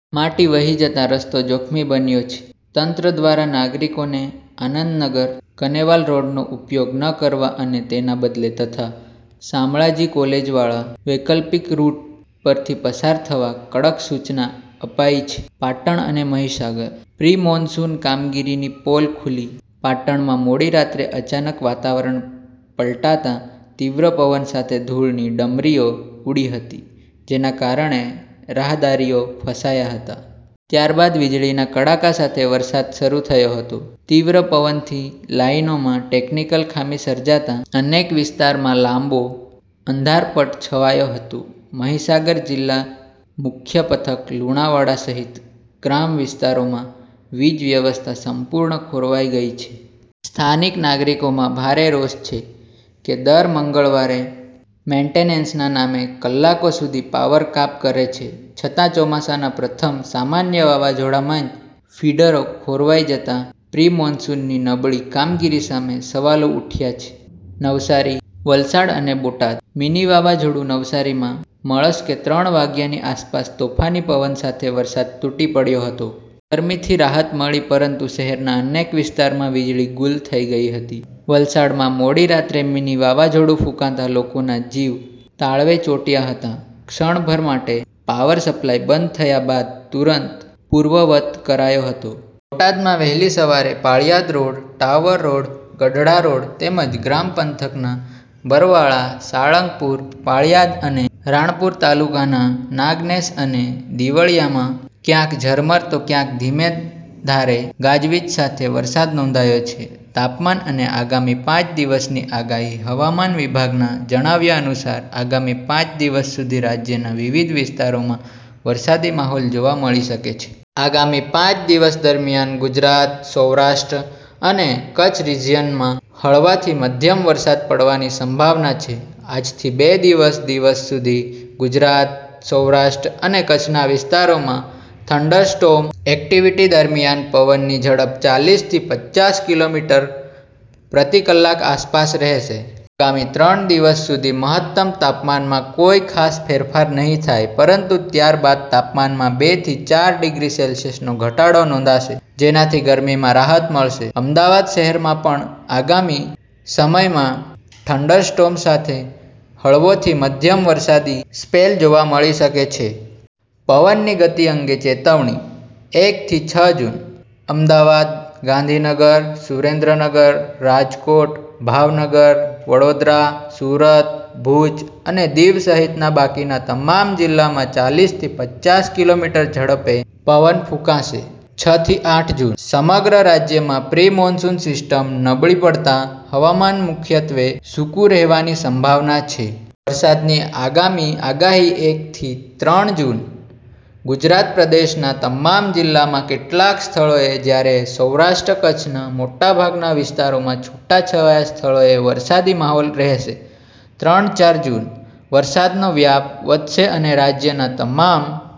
માટી વહી જતાં રસ્તો જોખમી બન્યો છે. તંત્ર દ્વારા નાગરિકોને આનંદનગર-કનેવાલ રોડનો ઉપયોગ ન કરવા અને તેના બદલે તથા શામળાજી કોલેજવાળા વૈકલ્પિક રૂટ પરથી પસાર થવા કડક સૂચના અપાઈ છે.પાટણ અને મહીસાગર: પ્રી-મોન્સૂન કામગીરીની પોલ ખૂલી પાટણમાં મોડી રાત્રે અચાનક વાતાવરણ પલટાતા તીવ્ર પવન સાથે ધૂળની ડમરીઓ ઉડી હતી, જેના કારણે રાહદારીઓ ફસાયા હતા. ત્યારબાદ વીજળીના કડાકા સાથે વરસાદ શરૂ થયો હતો. તીવ્ર પવનથી લાઈનોમાં ટેકનિકલ ખામી સર્જાતા અનેક વિસ્તારમાં લાંબો અંધારપટ છવાયો હતો. મહીસાગર જિલ્લા મુખ્ય મથક લુણાવાડા સહિત ગ્રામ્ય વિસ્તારોમાં વીજ વ્યવસ્થા સંપૂર્ણ ખોરવાઈ ગઈ છે. સ્થાનિક નાગરિકોમાં ભારે રોષ છે કે દર મંગળવારે મેન્ટેનન્સના નામે કલાકો સુધી પાવર કાપ કરે છે, છતાં ચોમાસાના પ્રથમ સામાન્ય વાવાઝોડામાં જ ફીડરો ખોરવાઈ જતાં પ્રી-મોન્સૂનની નબળી કામગીરી સામે સવાલો ઉઠ્યા છે. નવસારી, વલસાડ અને બોટાદ: મિની વાવાઝોડું નવસારીમાં મળસ્કે ત્રણ વાગ્યાની આસપાસ તોફાની પવન સાથે વરસાદ તૂટી પડ્યો હતો. ગરમીથી રાહત મળી પરંતુ શહેરના અનેક વિસ્તારમાં વીજળી ગૂલ થઈ ગઈ હતી. વલસાડમાં મોડી રાત્રે મિની વાવાઝોડું ફૂંકાતા લોકોના જીવ તાળવે ચોંટ્યા હતા. ક્ષણભર માટે પાવર સપ્લાય બંધ થયા બાદ તુરંત પૂર્વવત કરાયો હતો. બોટાદમાં વહેલી સવારે Paliyad road, tower road, Gadhada road તેમજ ગ્રામ પંથકના બરવાળા, સાળંગપુર, પાળીયાદ અને રાણપુર તાલુકાના નાગનેશ અને દિવળિયામાં ક્યાંક ઝરમર તો ક્યાંક ધીમીધારે ગાજવીજ સાથે વરસાદ નોંધાયો છે. તાપમાન અને આગામી પાંચ દિવસની આગાહી હવામાન વિભાગના જણાવ્યા અનુસાર, આગામી પાંચ દિવસ સુધી રાજ્યના વિવિધ વિસ્તારોમાં વરસાદી માહોલ જોવા મળી શકે છે. આગામી પાંચ દિવસ દરમિયાન ગુજરાત, સૌરાષ્ટ્ર અને કચ્છ રીઝિયનમાં હળવાથી મધ્યમ વરસાદ પડવાની સંભાવના છે. આજથી બે દિવસ દિવસ સુધી ગુજરાત, સૌરાષ્ટ્ર અને કચ્છના વિસ્તારોમાં થંડરસ્ટોર્મ એક્ટિવિટી દરમિયાન પવનની ઝડપ ચાલીસ થી પચાસ કિલો મીટર પ્રતિ કલાક આસપાસ રહેશે. આગામી ત્રણ દિવસ સુધી મહત્તમ તાપમાનમાં કોઈ ખાસ ફેરફાર નહીં થાય, પરંતુ ત્યારબાદ તાપમાનમાં બે થી ચાર ડિગ્રી સેલ્સિયસનો ઘટાડો નોંધાશે, જેનાથી ગરમીમાં રાહત મળશે. અમદાવાદ શહેરમાં પણ આગામી સમયમાં થંડરસ્ટોર્મ સાથે હળવોથી મધ્યમ વરસાદી સ્પેલ જોવા મળી શકે છે. પવનની ગતિ અંગે ચેતવણી એક થી છ જૂન: અમદાવાદ, ગાંધીનગર, સુરેન્દ્રનગર, રાજકોટ, ભાવનગર, વડોદરા, સુરત, ભુજ અને દીવ સહિતના બાકીના તમામ જિલ્લામાં ચાલીસ થી પચાસ કિલો મીટર ઝડપે પવન ફૂંકાશે. છ થી આઠ જૂન: સમગ્ર રાજ્યમાં પ્રી-મોન્સૂન સિસ્ટમ નબળી પડતાં હવામાન મુખ્યત્વે સૂકું રહેવાની સંભાવના છે. વરસાદની આગામી આગાહી એક થી ત્રણ જૂન: ગુજરાત પ્રદેશના તમામ જિલ્લામાં કેટલાક સ્થળોએ જ્યારે સૌરાષ્ટ્ર-કચ્છના મોટાભાગના વિસ્તારોમાં છૂટાછવાયા સ્થળોએ વરસાદી માહોલ રહેશે. ત્રણ ચાર જૂન: વરસાદનો વ્યાપ વધશે અને રાજ્યના તમામ